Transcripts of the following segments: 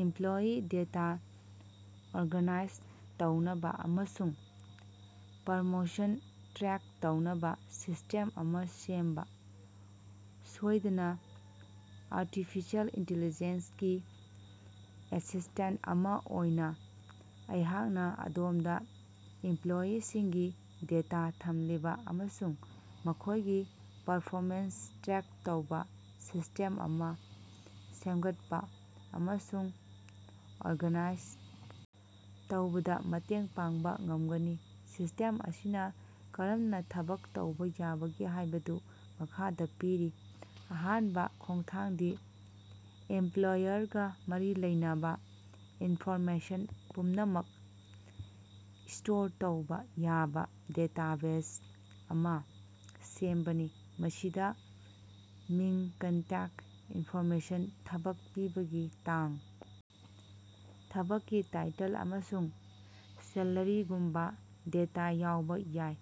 Employee data organise ꯇꯧꯅꯕꯥ ꯑꯃꯁꯨꯡ promotion track ꯇꯧꯅꯕꯥ ꯁꯤꯁ꯭ꯇꯦꯝ ꯑꯃꯥ ꯁꯦꯝꯕꯥ꯫ ꯁꯣꯏꯗꯅꯥ ꯑꯥꯔꯇꯤꯐꯤꯁꯤꯌꯦꯜ ꯏꯟꯇꯤꯂꯤꯖꯦꯟꯁ ꯒꯤ ꯑꯦꯁꯤꯁ꯭ꯇꯦꯟꯠ ꯑꯃꯥ ꯑꯣꯏꯅꯥ ꯑꯩꯍꯥꯛꯅꯥ ꯑꯗꯣꯝꯗꯥ ꯏꯝꯄ꯭ꯂꯣꯌꯤꯁꯤꯡꯒꯤ ꯗꯦꯇꯥ ꯊꯝꯂꯤꯕꯥ ꯑꯃꯁꯨꯡ ꯃꯈꯣꯏꯒꯤ ꯄꯔꯐꯣꯃꯦꯟꯁ ꯇ꯭ꯔꯦꯛ ꯇꯧꯕꯥ ꯁꯤꯁ꯭ꯇꯦꯝ ꯑꯃꯥ ꯁꯦꯝꯒꯠꯄꯥ ꯑꯃꯁꯨꯡ ꯑꯣꯔꯒꯅꯥꯏꯖ ꯇꯧꯕꯗꯥ ꯃꯇꯦꯡ ꯄꯥꯡꯕꯥ ꯉꯝꯒꯅꯤ꯫ ꯁꯤꯁ꯭ꯇꯦꯝ ꯑꯁꯤꯅꯥ ꯀꯔꯝꯅꯥ ꯊꯕꯛ ꯇꯧꯕꯥ ꯌꯥꯕꯒꯦ ꯍꯥꯏꯕꯗꯨ ꯃꯈꯥꯗꯥ ꯄꯤꯔꯤ ꯑꯍꯥꯟꯕꯥ ꯈꯣꯡꯊꯥꯡꯗꯤ ꯑꯦꯝꯄ꯭ꯂꯣꯌꯔꯒꯥ ꯃꯔꯤ ꯂꯩꯅꯕꯥ ꯏꯟꯐꯣꯔꯃꯦꯁꯟ ꯄꯨꯝꯅꯃꯛ ꯁ꯭ꯇꯣꯔ ꯇꯧꯕꯥ ꯌꯥꯕꯥ ꯗꯦꯇꯥꯕꯦꯖ ꯑꯃꯥ ꯁꯦꯝꯕꯅꯤ꯫ ꯃꯁꯤꯗꯥ ꯃꯤꯡ ꯀꯟꯇꯦꯛ ꯏꯟꯐꯣꯔꯃꯦꯁꯟ ꯊꯕꯛ ꯄꯤꯕꯒꯤ ꯇꯥꯡ ꯊꯕꯛꯀꯤ ꯇꯥꯏꯇꯜ ꯑꯃꯁꯨꯡ ꯁꯦꯂꯔꯤꯒꯨꯝꯕꯥ ꯗꯦꯇꯥ ꯌꯥꯎꯕꯥ ꯌꯥꯏ꯫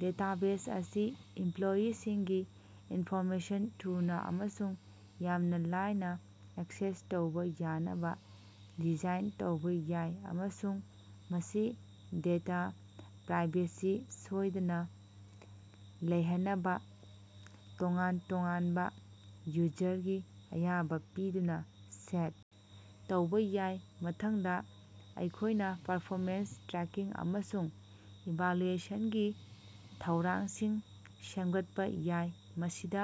ꯗꯦꯇꯥꯕꯦꯖ ꯑꯁꯤ ꯏꯝꯄ꯭ꯂꯣꯌꯤꯁꯤꯡꯒꯤ ꯏꯟꯐꯣꯔꯃꯦꯁꯟ ꯊꯨꯅꯥ ꯑꯃꯁꯨꯡ ꯌꯥꯝꯅꯥ ꯂꯥꯏꯅꯥ ꯑꯦꯛꯁꯦꯁ ꯇꯧꯕꯥ ꯌꯥꯅꯕꯥ ꯗꯤꯖꯥꯏꯟ ꯇꯧꯕꯥ ꯌꯥꯏ ꯑꯃꯁꯨꯡ ꯃꯁꯤ ꯗꯦꯇꯥ ꯄ꯭ꯔꯥꯏꯚꯦꯁꯤ ꯁꯣꯏꯗꯅꯥ ꯂꯩꯍꯟꯅꯕꯥ ꯇꯣꯉꯥꯟ ꯇꯣꯉꯥꯟꯕꯥ ꯌꯨꯖꯔꯒꯤ ꯑꯌꯥꯕꯥ ꯄꯤꯗꯨꯅꯥ ꯁꯦꯠ ꯇꯧꯕꯥ ꯌꯥꯏ꯫ ꯃꯊꯪꯗꯥ ꯑꯩꯈꯣꯏꯅꯥ ꯄꯔꯐꯣꯃꯦꯟꯁ ꯇ꯭ꯔꯦꯀꯤꯡ ꯑꯃꯁꯨꯡ ꯏꯚꯥꯂꯨꯑꯦꯁꯟꯒꯤ ꯊꯧꯔꯥꯡꯁꯤꯡ ꯁꯦꯝꯒꯠꯄꯥ ꯌꯥꯏ꯫ ꯃꯁꯤꯗꯥ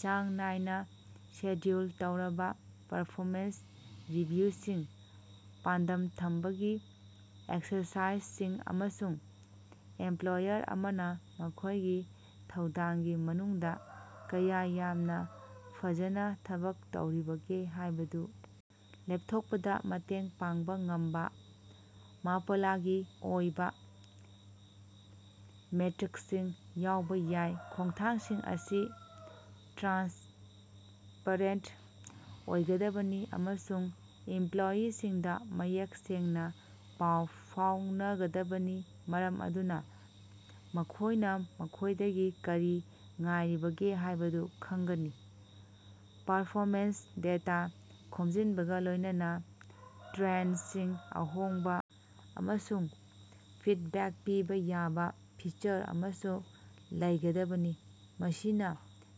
ꯆꯥꯡ ꯅꯥꯏꯅꯥ ꯁꯦꯗ꯭ꯌꯨꯜ ꯇꯧꯔꯕꯥ ꯄꯔꯐꯣꯃꯦꯟꯁ ꯔꯤꯚꯤꯌꯨꯁꯤꯡ ꯄꯥꯟꯗꯝ ꯊꯝꯕꯒꯤ ꯑꯦꯛꯁꯔꯁꯥꯏꯖꯁꯤꯡ ꯑꯃꯁꯨꯡ ꯑꯦꯝꯄ꯭ꯂꯣꯌꯔ ꯑꯃꯅꯥ ꯃꯈꯣꯏꯒꯤ ꯊꯧꯗꯥꯡꯒꯤ ꯃꯅꯨꯡꯗꯥ ꯀꯌꯥ ꯌꯥꯝꯅꯥ ꯐꯖꯅꯥ ꯊꯕꯛ ꯇꯧꯔꯤꯕꯒꯦ ꯍꯥꯏꯕꯗꯨ ꯂꯦꯞꯊꯣꯛꯄꯗꯥ ꯃꯇꯦꯡ ꯄꯥꯡꯕꯥ ꯉꯝꯕꯥ ꯃꯥꯄꯂꯒꯤ ꯑꯣꯏꯕꯥ ꯃꯦꯇ꯭ꯔꯤꯛꯁꯤꯡ ꯌꯥꯎꯕꯥ ꯌꯥꯏ꯫ ꯈꯣꯡꯊꯥꯡꯁꯤꯡ ꯑꯁꯤ ꯇ꯭ꯔꯥꯟꯁꯄꯔꯦꯟꯠ ꯑꯣꯏꯒꯗꯕꯅꯤ ꯑꯃꯁꯨꯡ ꯏꯝꯄ꯭ꯂꯣꯌꯤꯁꯤꯡꯗꯥ ꯃꯌꯦꯛ ꯁꯦꯡꯅꯥ ꯄꯥꯎ ꯐꯥꯎꯅꯒꯗꯕꯅꯤ ꯃꯔꯝ ꯑꯗꯨꯅꯥ ꯃꯈꯣꯏꯅꯥ ꯃꯈꯣꯏꯗꯒꯤ ꯀꯔꯤ ꯉꯥꯏꯔꯤꯕꯒꯦ ꯍꯥꯏꯕꯗꯨ ꯈꯪꯒꯅꯤ꯫ ꯄꯔꯐꯣꯃꯦꯟꯁ ꯗꯦꯇꯥ ꯈꯣꯝꯖꯤꯟꯕꯒꯥ ꯂꯣꯏꯅꯅꯥ ꯇ꯭ꯔꯦꯟꯗꯁꯤꯡ ꯑꯍꯣꯡꯕꯥ ꯑꯃꯁꯨꯡ ꯐꯤꯗꯕꯦꯛ ꯄꯤꯕꯥ ꯌꯥꯕꯥ ꯐꯤꯆꯔ ꯑꯃꯁꯨ ꯂꯩꯒꯗꯕꯅꯤ꯫ ꯃꯁꯤꯅꯥ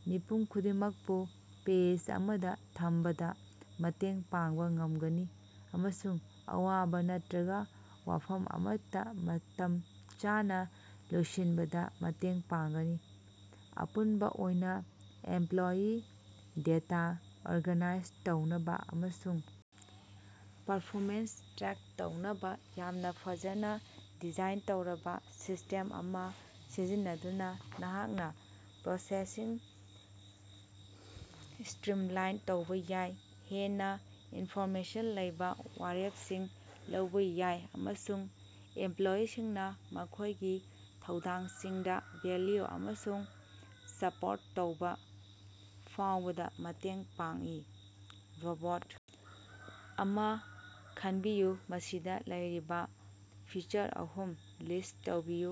ꯃꯤꯄꯨꯝ ꯈꯨꯗꯤꯡꯃꯛꯄꯨ ꯄꯦꯖ ꯑꯃꯗꯥ ꯊꯝꯕꯗꯥ ꯃꯇꯦꯡ ꯄꯥꯡꯕꯥ ꯉꯝꯒꯅꯤ ꯑꯃꯁꯨꯡ ꯑꯋꯥꯕꯥ ꯅꯠꯇ꯭ꯔꯒꯥ ꯋꯥꯐꯝ ꯑꯃꯠꯇꯥ ꯃꯇꯝ ꯆꯥꯅꯥ ꯂꯣꯏꯁꯤꯟꯕꯗꯥ ꯃꯇꯦꯡ ꯄꯥꯡꯒꯅꯤ꯫ ꯑꯄꯨꯟꯕꯥ ꯑꯣꯏꯅ ꯏꯝꯄ꯭ꯂꯣꯌꯤ ꯗꯦꯇꯥ ꯑꯣꯔꯒꯥꯅꯥꯏꯖ ꯇꯧꯅꯕꯥ ꯑꯃꯁꯨꯡ ꯄꯔꯐꯣꯃꯦꯟꯁ ꯇ꯭ꯔꯦꯛ ꯇꯧꯅꯕꯥ ꯌꯥꯝꯅꯥ ꯐꯖꯅꯥ ꯗꯤꯖꯥꯏꯟ ꯇꯧꯔꯕꯥ ꯁꯤꯁ꯭ꯇꯦꯝ ꯑꯃꯥ ꯁꯤꯖꯤꯟꯅꯗꯨꯅꯥ ꯅꯍꯥꯛꯅꯥ ꯄ꯭ꯔꯣꯁꯦꯁꯁꯤꯡ ꯁ꯭ꯇꯔꯤꯝꯂꯥꯏꯟ ꯇꯧꯕꯥ ꯌꯥꯏ ꯍꯦꯟꯅꯥ ꯏꯟꯐꯣꯔꯃꯦꯁꯟ ꯂꯩꯕꯥ ꯋꯥꯔꯦꯞꯁꯤꯡ ꯂꯧꯕꯥ ꯌꯥꯏ ꯑꯃꯁꯨꯡ ꯏꯝꯄ꯭ꯂꯣꯌꯤꯁꯤꯡꯅꯥ ꯃꯈꯣꯏꯒꯤ ꯊꯧꯗꯥꯡꯁꯤꯡꯗꯥ ꯚꯦꯜꯌꯨ ꯑꯃꯁꯨꯡ ꯁꯄꯣꯔꯠ ꯇꯧꯕꯥ ꯐꯥꯎꯕꯗꯥ ꯃꯇꯦꯡ ꯄꯥꯡꯏ꯫ ꯔꯣꯕꯣꯠ ꯑꯃꯥ ꯈꯟꯕꯤꯌꯨ꯫ ꯃꯁꯤꯗꯥ ꯂꯩꯔꯤꯕꯥ ꯐꯤꯆꯔ ꯑꯍꯨꯝ ꯂꯤꯁ꯭ꯠ ꯇꯧꯕꯤꯌꯨ꯫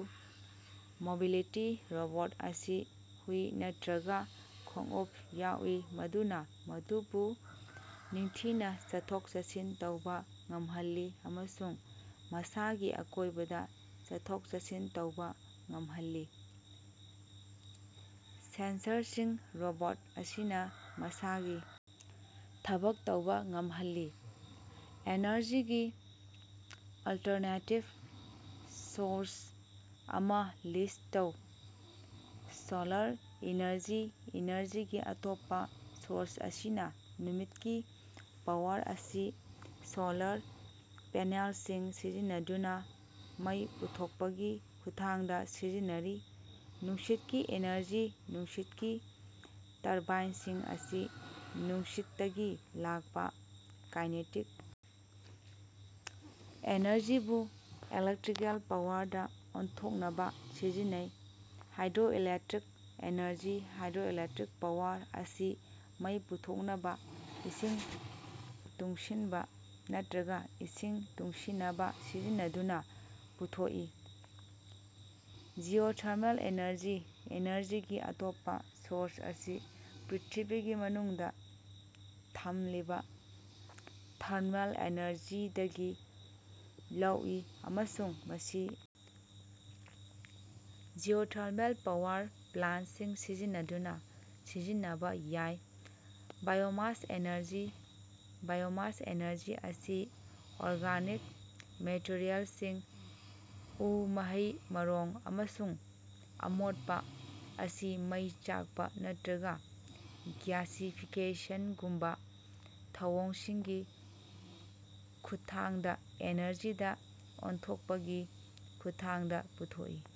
ꯃꯣꯕꯤꯂꯤꯇꯤ ꯔꯣꯕꯣꯠ ꯑꯁꯤ ꯍꯨꯏ ꯅꯠꯇ꯭ꯔꯒꯥ ꯈꯣꯡꯎꯞ ꯌꯥꯎꯏ ꯃꯗꯨꯅꯥ ꯃꯗꯨꯕꯨ ꯅꯤꯡꯊꯤꯅꯥ ꯆꯠꯊꯣꯛ ꯆꯠꯁꯤꯟ ꯇꯧꯕꯥ ꯉꯝꯍꯜꯂꯤ ꯑꯃꯁꯨꯡ ꯃꯁꯥꯒꯤ ꯑꯀꯣꯏꯕꯗꯥ ꯆꯠꯊꯣꯛ ꯆꯠꯁꯤꯟ ꯇꯧꯕꯥ ꯉꯝꯍꯜꯂꯤ꯫ ꯁꯦꯟꯁꯔꯁꯤꯡ ꯔꯣꯕꯣꯠ ꯑꯁꯤꯅꯥ ꯃꯁꯥꯒꯤ ꯊꯕꯛ ꯇꯧꯕꯥ ꯉꯝꯍꯜꯂꯤ꯫ ꯑꯦꯅꯔꯖꯤꯒꯤ ꯑꯜꯇꯔꯅꯦꯇꯤꯚ ꯁꯣꯔꯁ ꯑꯃꯥ ꯂꯤꯁ꯭ꯠ ꯇꯧ꯫ ꯁꯣꯂꯥꯔ ꯏꯅꯔꯖꯤ ꯏꯅꯔꯖꯤꯒꯤ ꯑꯇꯣꯞꯄꯥ ꯁꯣꯔꯁ ꯑꯁꯤꯅꯥ ꯅꯨꯃꯤꯠꯀꯤ ꯄꯥꯋꯔ ꯑꯁꯤ ꯁꯣꯂꯥꯔ ꯄꯦꯅꯦꯜꯁꯤꯡ ꯁꯤꯖꯤꯟꯅꯗꯨꯅꯥ ꯃꯩ ꯄꯨꯊꯣꯛꯄꯒꯤ ꯈꯨꯠꯊꯥꯡꯗꯥ ꯁꯤꯖꯤꯟꯅꯔꯤ꯫ ꯅꯨꯡꯁꯤꯠꯀꯤ ꯏꯅꯔꯖꯤ ꯅꯨꯡꯁꯤꯠꯀꯤ ꯇꯔꯕꯥꯏꯟꯁꯤꯡ ꯑꯁꯤ ꯅꯨꯡꯁꯤꯠꯇꯒꯤ ꯂꯥꯛꯄꯥ ꯀꯥꯏꯅꯦꯇꯤꯛ ꯑꯦꯅꯔꯖꯤꯕꯨ ꯏꯂꯦꯛꯇ꯭ꯔꯤꯀꯦꯜ ꯄꯥꯋꯔꯗꯥ ꯑꯣꯟꯊꯣꯛꯅꯕꯥ ꯁꯤꯖꯤꯟꯅꯩ꯫ ꯍꯥꯏꯗ꯭ꯔꯣꯏꯂꯦꯛꯇ꯭ꯔꯤꯛ ꯏꯅꯔꯖꯤ ꯍꯥꯏꯗ꯭ꯔꯣꯏꯂꯦꯛꯇ꯭ꯔꯤꯛ ꯄꯥꯋꯔ ꯑꯁꯤ ꯃꯩ ꯄꯨꯊꯣꯛꯅꯕꯥ ꯏꯁꯤꯡ ꯇꯨꯡꯁꯤꯟꯕꯥ ꯅꯠꯇ꯭ꯔꯒꯥ ꯏꯁꯤꯡ ꯇꯨꯡꯁꯤꯅꯕꯥ ꯁꯤꯖꯤꯟꯅꯗꯨꯅꯥ ꯄꯨꯊꯣꯛꯏ꯫ ꯖꯤꯑꯣꯊꯔꯃꯦꯜ ꯏꯅꯔꯖꯤ ꯏꯅꯔꯖꯤꯒꯤ ꯑꯇꯣꯞꯄꯥ ꯁꯣꯔꯁ ꯑꯁꯤ ꯄ꯭ꯔ꯭ꯤꯊꯤꯕꯤꯒꯤ ꯃꯅꯨꯡꯗꯥ ꯊꯝꯂꯤꯕꯥ ꯊꯔꯃꯦꯜ ꯑꯦꯅꯔꯖꯤꯗꯒꯤ ꯂꯧꯏ ꯑꯃꯁꯨꯡ ꯃꯁꯤ ꯖꯤꯑꯣꯊꯔꯃꯦꯜ ꯄꯥꯋꯔ ꯄ꯭ꯂꯥꯟꯠꯁꯤꯡ ꯁꯤꯖꯤꯟꯅꯗꯨꯅꯥ ꯁꯤꯖꯤꯟꯅꯕꯥ ꯌꯥꯏ꯫ ꯕꯥꯏꯑꯣꯃꯥꯁ ꯑꯦꯅꯔꯖꯤ ꯕꯥꯏꯑꯣꯃꯥꯁ ꯑꯦꯅꯔꯖꯤ ꯑꯁꯤ ꯑꯣꯔꯒꯥꯅꯤꯛ ꯃꯦꯇꯔꯤꯑꯦꯜꯁꯤꯡ ꯎ ꯃꯍꯩ ꯃꯔꯣꯡ ꯑꯃꯁꯨꯡ ꯑꯃꯣꯠꯄꯥ ꯑꯁꯤ ꯃꯩ ꯆꯥꯛꯄꯥ ꯅꯠꯇ꯭ꯔꯒꯥ ꯒ꯭ꯌꯥꯁꯤꯐꯤꯀꯦꯁꯟꯒꯨꯝꯕꯥ ꯊꯧꯑꯣꯡꯁꯤꯡꯒꯤ ꯈꯨꯠꯊꯥꯡꯗꯥ ꯑꯦꯅꯔꯖꯤꯗꯥ ꯑꯣꯟꯊꯣꯛꯄꯒꯤ ꯈꯨꯠꯊꯥꯡꯗꯥ ꯄꯨꯊꯣꯛꯏ꯫